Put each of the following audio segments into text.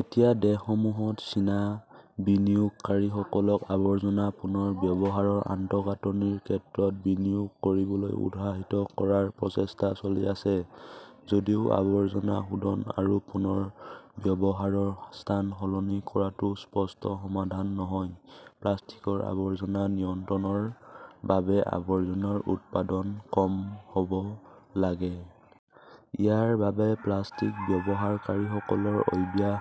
এতিয়া দেশসমূহত চীনা বিনিয়োগকাৰীসকলক আৱৰ্জনা পুনৰ ব্যৱহাৰৰ আন্তঃগাঁথনিৰ ক্ষেত্ৰত বিনিয়োগ কৰিবলৈ উৎসাহিত কৰাৰ প্ৰচেষ্টা চলি আছে। যদিও আৱৰ্জনা শোধন আৰু পুনৰ ব্যৱহাৰৰ স্থান সলনি কৰাটো স্পষ্ট সমাধান নহয়, প্লাষ্টিকৰ আৱৰ্জনা নিয়ন্ত্ৰণৰ বাবে আৱৰ্জনাৰ উৎপাদন কম হ 'ব লাগে। ইয়াৰ বাবে প্লাষ্টিক ব্যৱহাৰকাৰীসকলৰ অভ্যাস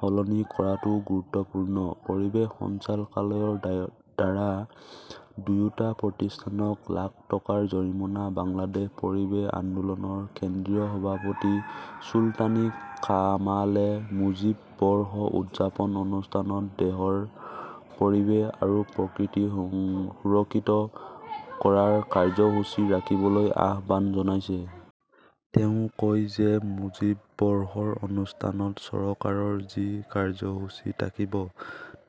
সলনি কৰাটোও গুৰুত্বপূৰ্ণ। পৰিৱেশ সঞ্চালকালয়ৰ দাৰ দ্বাৰা দুয়োটা প্ৰতিষ্ঠানক লাখ টকাৰ জৰিমনা বাংলাদেশ পৰিৱেশ আন্দোলনৰ কেন্দ্ৰীয় সভাপতি চুলতানী কামালে মুজীব বৰ্ষ উদযাপন অনুষ্ঠানত দেশৰ পৰিৱেশ আৰু প্ৰকৃতিসমূহ সুৰক্ষিত কৰাৰ কাৰ্যসূচী ৰাখিবলৈ আহ্বান জনাইছে। তেওঁ কয় যে মুজীব বৰ্ষৰ অনুষ্ঠানত চৰকাৰৰ যি কাৰ্যসূচী থাকিব,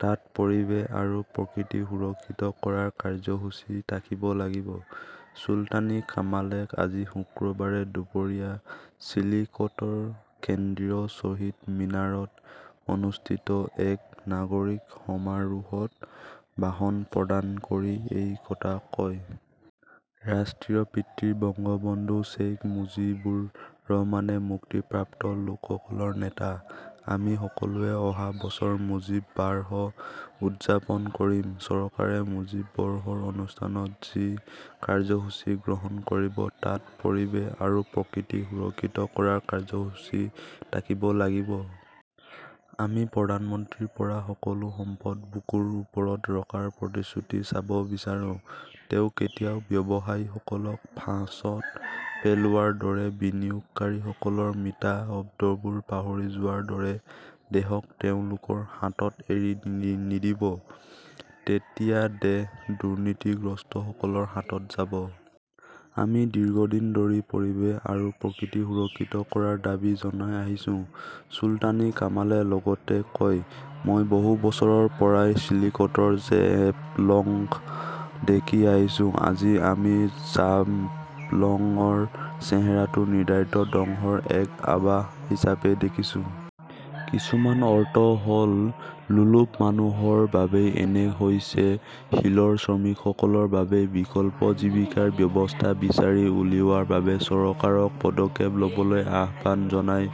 তাত পৰিৱেশ আৰু প্ৰকৃতি সুৰক্ষিত কৰাৰ কাৰ্যসূচী থাকিব লাগিব। চুলতানী কামালে আজি শুক্ৰবাৰে দুপৰীয়া চিলিকটৰ কেন্দ্ৰীয় শ্বহীদ মিনাৰত অনুষ্ঠিত এক নাগৰিক সমাৰোহত ভাষণ প্ৰদান কৰি এই কথা কয়। "ৰাষ্ট্ৰৰ পিতৃ বঙ্গবন্ধু শ্বেইখ মুজিবুৰ ৰহমানে মুক্তিপ্ৰাপ্ত লোকসকলৰ নেতা। আমি সকলোৱে অহা বছৰ মুজীব বাৰ্ষ উদযাপন কৰিম। চৰকাৰে মুজীব বৰ্ষৰ অনুষ্ঠানত যি কাৰ্যসূচী গ্ৰহণ কৰিব, তাত পৰিৱেশ আৰু প্ৰকৃতি সুৰক্ষিত কৰাৰ কাৰ্যসূচী থাকিব লাগিব। আমি প্ৰধানমন্ত্ৰীৰ পৰা সকলো সম্পদ বুকৰ ওপৰত ৰখাৰ প্ৰতিশ্ৰুতি চাব বিচাৰো। তেওঁ কেতিয়াও ব্যৱসায়ীসকলক ফাঁচত পেলোৱাৰ দৰে, বিনিয়োগকাৰীসকলৰ মিঠা শব্দবোৰ পাহৰি যোৱাৰ দৰে, দেশক তেওঁলোকৰ হাতত এৰি নিদিব। তেতিয়া দেশ দুৰ্নীতিগ্ৰস্তসকলৰ হাতত যাব। আমি দীৰ্ঘদিন ধৰি পৰিৱেশ আৰু প্ৰকৃতি সুৰক্ষিত কৰাৰ দাবী জনাই আহিছো, চুলতানী কামালে লগতে কয়। মই বহু বছৰৰ পৰাই চিলিকটৰ জেফলংক দেখি আহিছো। আজি আমি জাফলঙৰ চেহেৰাটো নিৰ্ধাৰিত ধ্বংসৰ এক আভাস হিচাপে দেখিছোঁ। কিছুমান অৰ্থ হ 'ল লোলুপ মানুহৰ বাবেই এনে হৈছে। শিলৰ শ্ৰমিকসকলৰ বাবে বিকল্প জীৱিকাৰ ব্যৱস্থা বিচাৰি উলিওৱাৰ বাবে চৰকাৰক পদক্ষেপ ল'বলৈ আহ্বান জনাই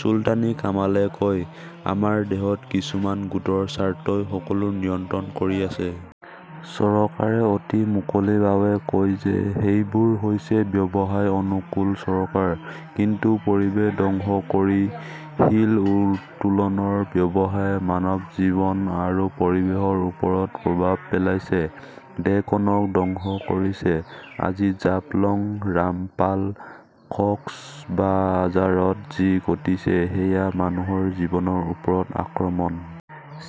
চুলতানী কামালে কয, আমাৰ দেশত কিছুমান গোটৰ স্বাৰ্থই সকলো নিয়ন্ত্ৰণ কৰি আছে। চৰকাৰে অতি মুকলিভাৱে কয় যে সেইবোৰ হৈছে ব্যৱসায়-অনুকূল চৰকাৰ। কিন্তু পৰিৱেশ ধ্বংস কৰি শিল উত্তোলনৰ ব্যৱসায়ে মানৱ জীৱন আৰু পৰিৱেশৰ ওপৰত প্ৰভাৱ পেলাইছে, দেশখনক ধ্বংস কৰিছে। আজি জাফলঙ, ৰামপাল, কক্সবাজাৰত যি ঘটিছে সেয়া মানুহৰ জীৱনৰ ওপৰত আক্ৰমণ।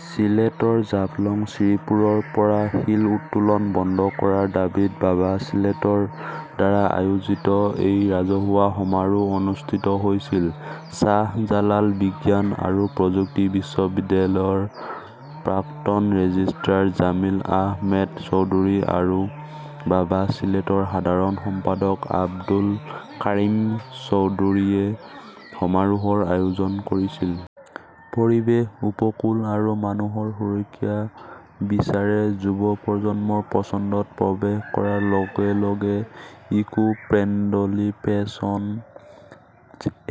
চিলেটৰ জাফলং, শ্ৰীপুৰৰ পৰা শিল উত্তোলন বন্ধ কৰাৰ দাবীত বাবা চিলেটৰ দ্বাৰা আয়োজিত এই ৰাজহুৱা সমাৰোহ অনুষ্ঠিত হৈছিল। শ্বাহজালাল বিজ্ঞান আৰু প্ৰযুক্তি বিশ্ববিদ্যালয়ৰ প্ৰাক্তন ৰেজিষ্ট্ৰাৰ জামিল আহমেদ চৌধুৰী আৰু বাবা চিলেটৰ সাধাৰণ সম্পাদক আব্দুল কাৰিম চৌধুৰীয়ে সমাৰোহৰ আয়োজন কৰিছিল। পৰিৱেশ, উপকূল আৰু মানুহৰ সুৰক্ষা বিচাৰে যুৱ প্ৰজন্মৰ পছন্দত প্ৰৱেশ কৰাৰ লগে লগে 'ইকো-ফ্ৰেণ্ডলি ফেশ্বন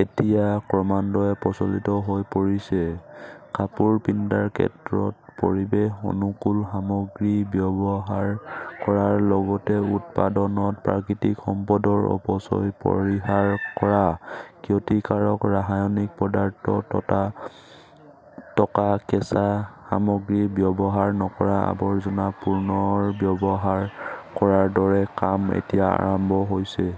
"এতিয়া ক্ৰমান্বয়ে প্ৰচলিত হৈ পৰিছে। কাপোৰ পিন্ধাৰ ক্ষেত্ৰত পৰিৱেশ-অনুকূল সামগ্ৰী ব্যৱহাৰ কৰাৰ লগতে উৎপাদনত প্ৰাকৃতিক সম্পদৰ অপচয় পৰিহাৰ কৰা, ক্ষতিকাৰক ৰাসায়নিক পদাৰ্থ থকা কেঁচা সামগ্ৰী ব্যৱহাৰ নকৰা, আৱৰ্জনা পুনৰ্ব্যৱহাৰ কৰাৰ দৰে কাম এতিয়া আৰম্ভ হৈছে।